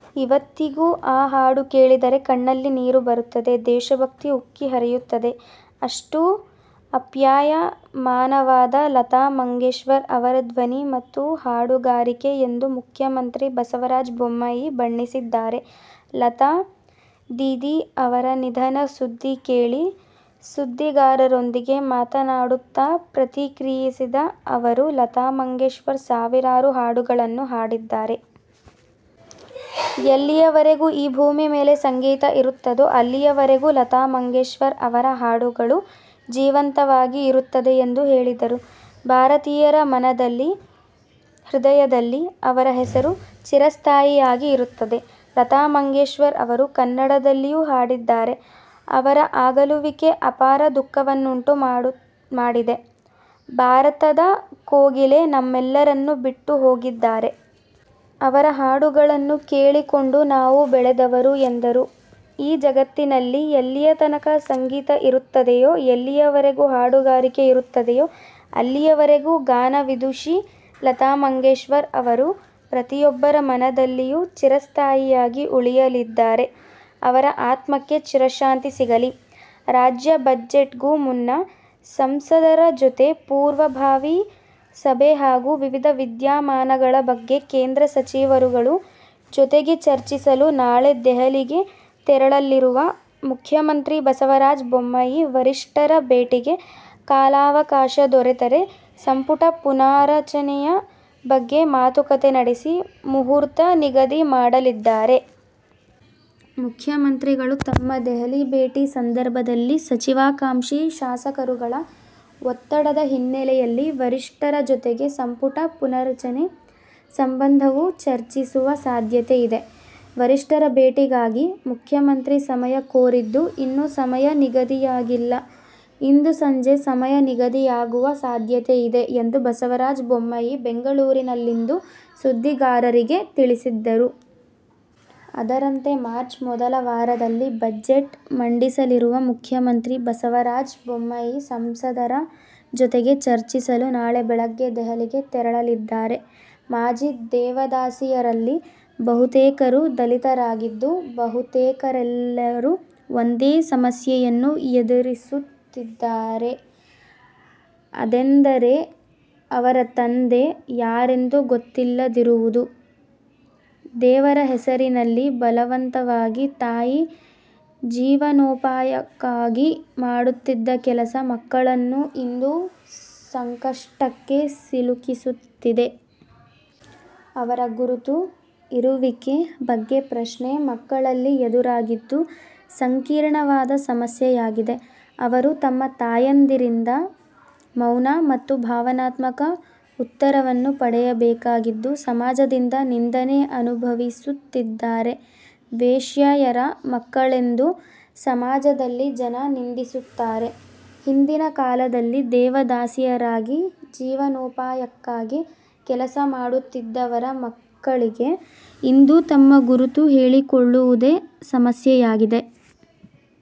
ಇವತ್ತಿಗೂ ಆ ಹಾಡು ಕೇಳಿದರೆ ಕಣ್ಣಲ್ಲಿ ನೀರು ಬರುತ್ತದೆ, ದೇಶಭಕ್ತಿ ಉಕ್ಕಿ ಹರಿಯುತ್ತದೆ. ಅಷ್ಟು ಅಪ್ಯಾಯಮಾನವಾದ ಲತಾ ಮಂಗೇಶ್ಕರ್ ಅವರ ಧ್ವನಿ ಮತ್ತು ಹಾಡುಗಾರಿಕೆ ಎಂದು ಮುಖ್ಯಮಂತ್ರಿ ಬಸವರಾಜ ಬೊಮ್ಮಾಯಿ ಬಣ್ಣಿಸಿದ್ದಾರೆ. ಲತಾ ದೀದಿ ಅವರ ನಿಧನ ಸುದ್ದಿ ಕೇಳಿ ಸುದ್ದಿಗಾರರೊಂದಿಗೆ ಮಾತನಾಡುತ್ತಾ ಪ್ರತಿಕ್ರಿಯಿಸಿದ ಅವರು, ಲತಾ ಮಂಗೇಶ್ಕರ್ ಸಾವಿರಾರು ಹಾಡುಗಳನ್ನು ಹಾಡಿದ್ದಾರೆ. ಎಲ್ಲಿಯವರೆಗೂ ಈ ಭೂಮಿ ಮೇಲೆ ಸಂಗೀತ ಇರುತ್ತದೋ ಅಲ್ಲಿಯವರೆಗೂ ಲತಾ ಮಂಗೇಶ್ಕರ್ ಅವರ ಹಾಡುಗಳು ಜೀವಂತವಾಗಿ ಇರುತ್ತದೆ ಎಂದು ಹೇಳಿದರು. ಭಾರತೀಯರ ಮನದಲ್ಲಿ, ಹೃದಯದಲ್ಲಿ ಅವರ ಹೆಸರು ಚಿರಸ್ಥಾಯಿಯಾಗಿ ಇರುತ್ತದೆ. ಲತಾ ಮಂಗೇಶ್ಕರ್ ಅವರು ಕನ್ನಡದಲ್ಲಿಯೂ ಹಾಡಿದ್ದಾರೆ. ಅವರ ಅಗಲುವಿಕೆ ಅಪಾರ ದುಃಖವನ್ನುಂಟುಮಾಡಿದೆ. ಭಾರತದ ಕೋಗಿಲೆ ನಮ್ಮೆಲ್ಲರನ್ನೂ ಬಿಟ್ಟುಹೋಗಿದ್ದಾರೆ. ಅವರ ಹಾಡುಗಳನ್ನು ಕೇಳಿಕೊಂಡು ನಾವು ಬೆಳೆದವರು ಎಂದರು. ಈ ಜಗತ್ತಿನಲ್ಲಿ ಎಲ್ಲಿಯತನಕ ಸಂಗೀತ ಇರುತ್ತದೆಯೋ, ಎಲ್ಲಿಯವರೆಗೂ ಹಾಡುಗಾರಿಕೆ ಇರುತ್ತದೆಯೋ, ಅಲ್ಲಿಯವರೆಗೂ ಗಾನ ವಿದುಷಿ ಲತಾ ಮಂಗೇಶ್ಕರ್ ಅವರು ಪ್ರತಿಯೊಬ್ಬರ ಮನದಲ್ಲಿಯೂ ಚಿರಸ್ಥಾಯಿಯಾಗಿ ಉಳಿಯಲಿದ್ದಾರೆ. ಅವರ ಆತ್ಮಕ್ಕೆ ಚಿರಶಾಂತಿ ಸಿಗಲಿ. ರಾಜ್ಯ ಬಜೆಟ್ ಗೂ ಮುನ್ನ ಸಂಸದರ ಜೊತೆ ಪೂರ್ವಭಾವಿ ಸಭೆ ಹಾಗೂ ವಿವಿಧ ವಿದ್ಯಮಾನಗಳ ಬಗ್ಗೆ ಕೇಂದ್ರ ಸಚಿವರುಗಳ ಜೊತೆಗೆ ಚರ್ಚಿಸಲು ನಾಳೆ ದೆಹಲಿಗೆ ತೆರಳಲಿರುವ ಮುಖ್ಯಮಂತ್ರಿ ಬಸವರಾಜ ಬೊಮ್ಮಾಯಿ, ವರಿಷ್ಠರ ಭೇಟಿಗೆ ಕಾಲಾವಕಾಶ ದೊರೆತರೆ ಸಂಪುಟ ಪುನಾರಚನೆಯ ಬಗ್ಗೆ ಮಾತುಕತೆ ನಡೆಸಿ, ಮುಹೂರ್ತ ನಿಗದಿ ಮಾಡಲಿದ್ದಾರೆ. ಮುಖ್ಯಮಂತ್ರಿಗಳು ತಮ್ಮ ದೆಹಲಿ ಭೇಟಿ ಸಂದರ್ಭದಲ್ಲಿ ಸಚಿವಾಕಾಂಕ್ಷಿ ಶಾಸಕರುಗಳ ಒತ್ತಡದ ಹಿನ್ನೆಲೆಯಲ್ಲಿ ವರಿಷ್ಠರ ಜೊತೆಗೆ ಸಂಪುಟ ಪುನಾರಚನೆ ಸಂಬಂಧವೂ ಚರ್ಚಿಸುವ ಸಾಧ್ಯತೆಯಿದೆ. ವರಿಷ್ಠರ ಭೇಟಿಗಾಗಿ ಮುಖ್ಯಮಂತ್ರಿ ಸಮಯ ಕೋರಿದ್ದು, ಇನ್ನೂ ಸಮಯ ನಿಗದಿಯಾಗಿಲ್ಲ. ಇಂದು ಸಂಜೆ ಸಮಯ ನಿಗದಿಯಾಗುವ ಸಾಧ್ಯತೆಯಿದೆ ಎಂದು ಬಸವರಾಜ ಬೊಮ್ಮಾಯಿ ಬೆಂಗಳೂರಿನಲ್ಲಿಂದು ಸುದ್ದಿಗಾರರಿಗೆ ತಿಳಿಸಿದರು. ಅದರಂತೆ ಮಾರ್ಚ್ ಮೊದಲ ವಾರದಲ್ಲಿ ಬಜೆಟ್ ಮಂಡಿಸಲಿರುವ ಮುಖ್ಯಮಂತ್ರಿ ಬಸವರಾಜ ಬೊಮ್ಮಾಯಿ ಸಂಸದರ ಜೊತೆಗೆ ಚರ್ಚಿಸಲು ನಾಳೆ ಬೆಳಗ್ಗೆ ದೆಹಲಿಗೆ ತೆರಳಲಿದ್ದಾರೆ. ಮಾಜಿ ದೇವದಾಸಿಯರಲ್ಲಿ ಬಹುತೇಕರು ದಲಿತರಾಗಿದ್ದು ಬಹುತೇಕರೆಲ್ಲರೂ ಒಂದೇ ಸಮಸ್ಯೆಯನ್ನು ಎದುರಿಸುತ್ತಿದ್ದಾರೆ. ಅದೆಂದರೆ ಅವರ ತಂದೆ ಯಾರೆಂದು ಗೊತ್ತಿಲ್ಲದಿರುವುದು. ದೇವರ ಹೆಸರಿನಲ್ಲಿ ಬಲವಂತವಾಗಿ ತಾಯಿ ಜೀವನೋಪಾಯಕ್ಕಾಗಿ ಮಾಡುತ್ತಿದ್ದ ಕೆಲಸ ಮಕ್ಕಳನ್ನು ಇಂದು ಸಂಕಷ್ಟಕ್ಕೆ ಸಿಲುಕಿಸುತ್ತಿದೆ. ಅವರ ಗುರುತು, ಇರುವಿಕೆ ಬಗ್ಗೆ ಪ್ರಶ್ನೆ ಮಕ್ಕಳಲ್ಲಿ ಎದುರಾಗಿದ್ದು ಸಂಕೀರ್ಣವಾದ ಸಮಸ್ಯೆಯಾಗಿದೆ. ಅವರು ತಮ್ಮ ತಾಯಂದಿರಿಂದ ಮೌನ ಮತ್ತು ಭಾವನಾತ್ಮಕ ಉತ್ತರವನ್ನು ಪಡೆಯಬೇಕಾಗಿದ್ದು ಸಮಾಜದಿಂದ ನಿಂದನೆ ಅನುಭವಿಸುತ್ತಿದ್ದಾರೆ. ವೇಶ್ಯಯರ ಮಕ್ಕಳೆಂದು ಸಮಾಜದಲ್ಲಿ ಜನ ನಿಂದಿಸುತ್ತಾರೆ. ಹಿಂದಿನ ಕಾಲದಲ್ಲಿ ದೇವದಾಸಿಯರಾಗಿ ಜೀವನೋಪಾಯಕ್ಕಾಗಿ ಕೆಲಸ ಮಾಡುತ್ತಿದ್ದವರ ಮಕ್ಕಳಿಗೆ ಇಂದು ತಮ್ಮ ಗುರುತು ಹೇಳಿಕೊಳ್ಳುವುದೇ ಸಮಸ್ಯೆಯಾಗಿದೆ.